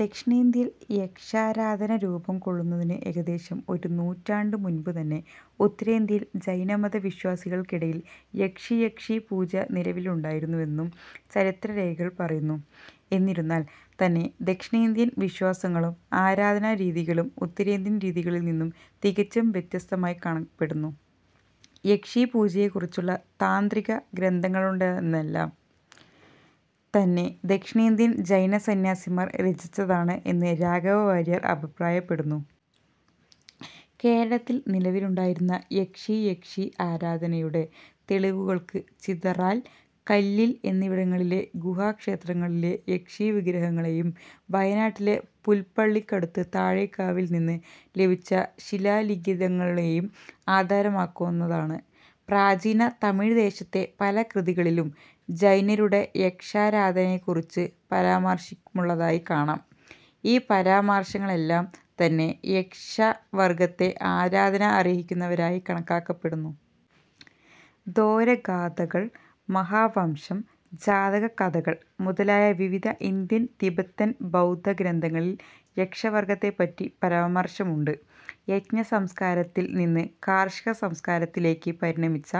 ദക്ഷിണേന്ത്യയിൽ യക്ഷാരാധന രൂപം കൊള്ളുന്നതിനു ഏകദേശം ഒരു നൂറ്റാണ്ടു മുൻപ് തന്നെ ഉത്തരേന്ത്യയിൽ ജൈന മത വിശ്വാസികൾക്കിടയിൽ യക്ഷ-യക്ഷീ പൂജ നിലവിലുണ്ടായിരുന്നുവെന്നു ചരിത്ര രേഖകൾ പറയുന്നു. എന്നിരുന്നാൽ തന്നെ ദക്ഷിണേന്ത്യൻ വിശ്വാസങ്ങളും ആരാധനാ രീതികളും ഉത്തരേന്ത്യൻ രീതികളിൽ നിന്നും തികച്ചും വ്യത്യസ്തമായി കാണപ്പെടുന്നു. യക്ഷീ പൂജയെ കുറിച്ചുള്ള താന്ത്രിക ഗ്രന്ഥങ്ങളേതാണ്ടെനെല്ലാം തന്നെ ദക്ഷിണേന്ത്യൻ ജൈന സന്യാസിമാർ രചിച്ചതാണ് എന്ന് രാഘവ വാരിയർ അഭിപ്രായപ്പെടുന്നു. കേരളത്തിൽ നിലവിലുണ്ടായിരുന്ന യക്ഷ-യക്ഷീ ആരാധനയുടെ തെളിവുകൾക്ക് ചിതറാൽ, കല്ലിൽ എന്നിവിടങ്ങളിലെ ഗുഹാക്ഷേത്രങ്ങളിലെ യക്ഷീ വിഗ്രഹങ്ങളെയും വയനാട്ടിലെ പുല്പ്പള്ളിക്കടുത്തു താഴെക്കാവിൽ നിന്ന് ലഭിച്ച ശിലാലിഖിതങ്ങളെയും ആധാരമാക്കുന്നതാണ്. പ്രാചീന തമിഴ് ദേശത്തെ പല കൃതികളിലും ജൈനരുടെ യക്ഷാരാധനെയെക്കുറിച്ചു പരാമാർശമുള്ളതായി കാണാം. ഈ പരാമർശങ്ങളെല്ലാം തന്നെ യക്ഷ വർഗത്തെ ആരാധന അർഹിക്കുന്നവരായി കണക്കാക്കപെടുന്നു തോരഗാഥകൾ, മഹാവംശം, ജാതക കഥകൾ മുതലായ വിവിധ ഇന്ത്യൻ, തിബത്തൻ ബൗദ്ധഗ്രന്ഥങ്ങളിൽ യക്ഷവർഗത്തെ പറ്റി പരാമർശമുണ്ട്. യജ്ഞസംസ്കാരത്തിൽ നിന്ന് കാർഷികസംസ്കാരത്തിലെയ്ക്ക് പരിണമിച്ച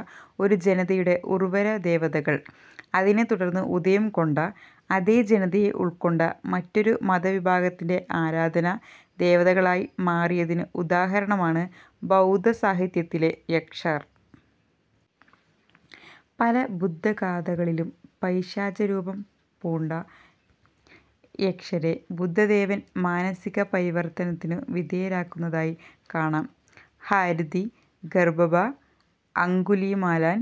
ഒരു ജനതയുടെ ഉർവര ദേവതകൾ, അതിനെ തുടർന്ന് ഉദയം കൊണ്ട, അതെ ജനതയെ ഉൾക്കൊണ്ട, മറ്റൊരു മതവിഭാഗത്തിന്റെ ആരാധനാ ദേവതകളായി മാറിയതിനു ഉദാഹരണമാണ് ബൗദ്ധസാഹിത്യത്തിലെ യക്ഷർ. പല ബുദ്ധഗാഥകളിലും പൈശാചരൂപം പൂണ്ട യക്ഷരെ ബുദ്ധദേവൻ മാനസിക പരിവർത്തനത്തിനു വിധേയരാക്കുന്നതായി കാണാം. ഹാരിതി, ഗർഭഭ, അംഗുലീമാലാൻ,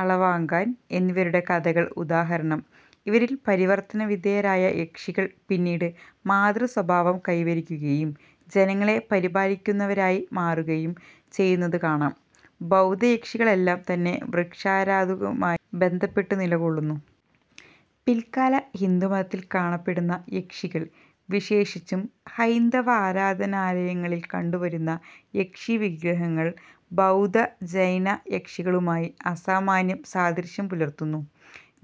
അളവാകൻ എന്നിവരുടെ കഥകൾ ഉദാഹരണം. ഇവരിൽ പരിവർത്തനവിധേയരായ യക്ഷികൾ പിന്നീട് മാതൃസ്വഭാവം കൈവരിക്കുകയും ജനങ്ങളെ പരിപാലിക്കുന്നവരായി മാറുകയും ചെയ്യുന്നതു കാണാം. ബൗദ്ധയക്ഷികളെല്ലാം തന്നെ വൃക്ഷാരാധകവുമായി ബന്ധപ്പെട്ടും നിലകൊള്ളുന്നു. പില്ക്കാല ഹിന്ദുമതത്തിൽ കാണപ്പെടുന്ന യക്ഷികൾ, വിശേഷിച്ചും ഹൈന്ദവാരാധനാലയങ്ങളിൽ കണ്ടു വരുന്ന യക്ഷീവിഗ്രഹങ്ങൾ, ബൗദ്ധ-ജൈന യക്ഷികളുമായി അസാമാന്യം സാദൃശ്യം പുലർത്തുന്നു.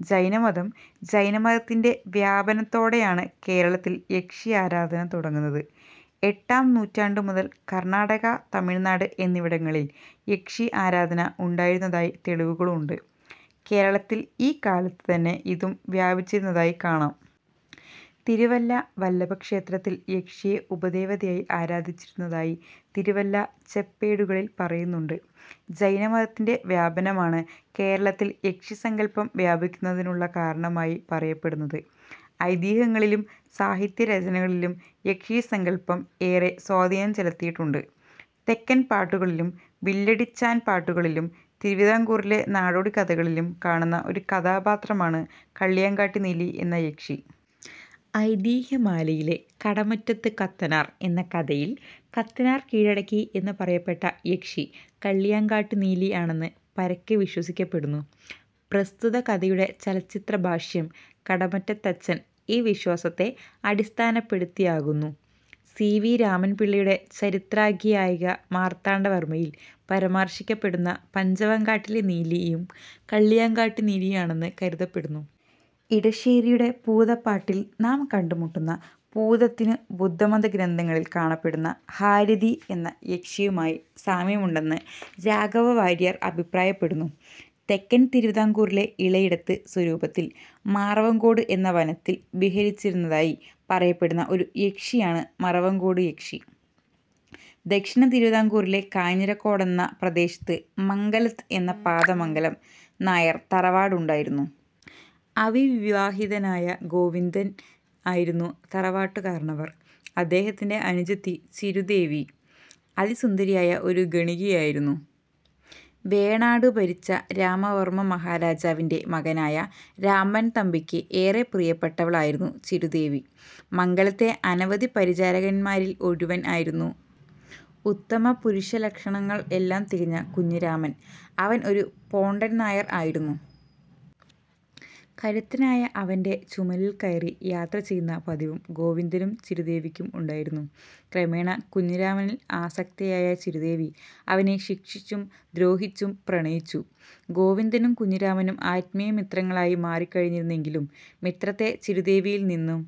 ജൈനമതം ജൈനമതത്തിന്റെ വ്യാപനത്തോടെയാണ് കേരളത്തിൽ യക്ഷിആരാധന തുടങ്ങുന്നത്. എട്ടാം നൂറ്റാണ്ടു മുതൽ കർണ്ണാടക, തമിഴ്നാട് എന്നിവിടങ്ങളിൽ യക്ഷി ആരാധന ഉണ്ടായിരുന്നതായി തെളിവുകളുണ്ട്. കേരളത്തിൽ ഈ കാലത്തു തന്നെ ഇതു വ്യാപിച്ചിരുന്നതായി കാണാം. തിരുവല്ല വല്ലഭക്ഷേത്രത്തിൽ യക്ഷിയെ ഉപദേവതയായി ആരാധിച്ചിരുന്നതായി തിരുവല്ല ചെപ്പേടുകളിൽ പറയുന്നുണ്ട്. ജൈന മതത്തിന്റെ വ്യാപനമാണ് കേരളത്തിൽ യക്ഷിസങ്കൽപം വ്യാപിക്കുന്നതിനുള്ള കാരണമായി പറയപ്പെടുന്നത്. ഐതിഹ്യങ്ങളിലും സാഹിത്യരചനകളിലും യക്ഷിസങ്കല്പം ഏറെ സ്വാധീനം ചെലുത്തിയിട്ടുണ്ട്. തെക്കൻ പാട്ടുകളിലും വില്ലടിച്ചാൻപാട്ടുകളിലും തിരുവിതാംകൂറിലെ നാടോടിക്കഥകളിലും കാണുന്ന ഒരു കഥാപാത്രമാണ് കള്ളിയങ്കാട്ട് നീലി എന്ന യക്ഷി. ഐതിഹ്യ മാലയിലെ "കടമറ്റത്ത് കത്തനാർ" എന്ന കഥയിൽ കത്തനാർ കീഴടക്കി എന്ന് പറയപ്പെടുന്ന യക്ഷി കള്ളിയങ്കാട്ടു നീലി ആണെന്ന് പരക്കെ വിശ്വസിക്കപ്പെടുന്നു. പ്രസ്തുത കഥയുടെ ചലച്ചിത്ര ഭാഷ്യം, കടമറ്റത്തച്ചൻ, ഈ വിശ്വാസത്തെ അടിസ്ഥാനപ്പെടുത്തിയാകുന്നു. സി. വി. രാമൻ പിള്ളയുടെ ചരിത്രാഖ്യായിക മാർത്താണ്ഠവർമയിൽ പരമാർശിക്കപ്പെടുന്ന "പഞ്ചവങ്കാട്ടിലെ നീലി" യും കള്ളിയങ്കാട്ടു നീലിയാണെന്ന് കരുതപ്പെടുന്നു. ഇടശ്ശേരിയുടെ പൂതപ്പാട്ടിൽ നാം കണ്ടുമുട്ടുന്ന പൂതത്തിനു ബുദ്ധമതഗ്രന്ഥങ്ങളിൽ കാണപ്പെടുന്ന ഹാരിതി എന്നാ യക്ഷിയുമായി സാമ്യമുണ്ടെന്ന് രാഘവ വാരിയർ അഭിപ്രായപ്പെടുന്നു. തെക്കൻ തിരുവിതാംകൂറിലെ ഇളയിടത്ത് സ്വരൂപത്തിൽ മാറവങ്കോട് എന്ന വനത്തിൽ വിഹരിച്ചിരുന്നതായി പറയപ്പെടുന്ന ഒരു യക്ഷിയാണ് മറവങ്കോട് യക്ഷി. ദക്ഷിണ തിരുവിതാംകൂറിലെ കാഞ്ഞിരക്കോടെന്ന പ്രദേശത്തു 'മംഗലത്ത്' എന്ന പാതമംഗലം നായർ തറവാട് ഉണ്ടായിരുന്നു. അവിവിവാഹിതനായ ഗോവിന്ദൻ ആയിരുന്നു തറവാട്ടു കാരണവർ. അദ്ദേഹത്തിന്റെ അനുജത്തി ചിരുതേവി അതിസുന്ദരിയായ ഒരു ഗണികയായിരുന്നു. വേണാടു ഭരിച്ച രാമവർമ്മ മഹാരാജാവിൻറെ മകനായ രാമൻതമ്പിയ്ക്ക് ഏറെ പ്രിയപ്പെട്ടവൾ ആയിരുന്നു ചിരുതേവി. മംഗലത്തെ അനവധി പരിചാരകന്മാരിൽ ഒരുവൻ ആയിരുന്നു ഉത്തമപുരുഷലക്ഷണങ്ങൾ എല്ലാം തികഞ്ഞ കുഞ്ഞുരാമൻ. അവൻ ഒരു പോണ്ടൻനായർ ആയിരുന്നു. കരുത്തനായ അവന്റെ ചുമലിൽക്കയറി യാത്രചെയ്യുന്ന പതിവു ഗോവിന്ദനും ചിരുതേവിക്കും ഉണ്ടായിരുന്നു. ക്രമേണ കുഞ്ഞുരാമനിൽ ആസക്തയായ ചിരുതേവി അവനെ ശിക്ഷിച്ചും ദ്രോഹിച്ചും പ്രണയിച്ചു. ഗോവിന്ദനും കുഞ്ഞുരാമനും ആത്മീയമിത്രങ്ങളായി മാറിക്കഴിഞ്ഞിരുന്നെങ്കിലും മിത്രത്തെ ചിരുതേവിയിൽ നിന്നും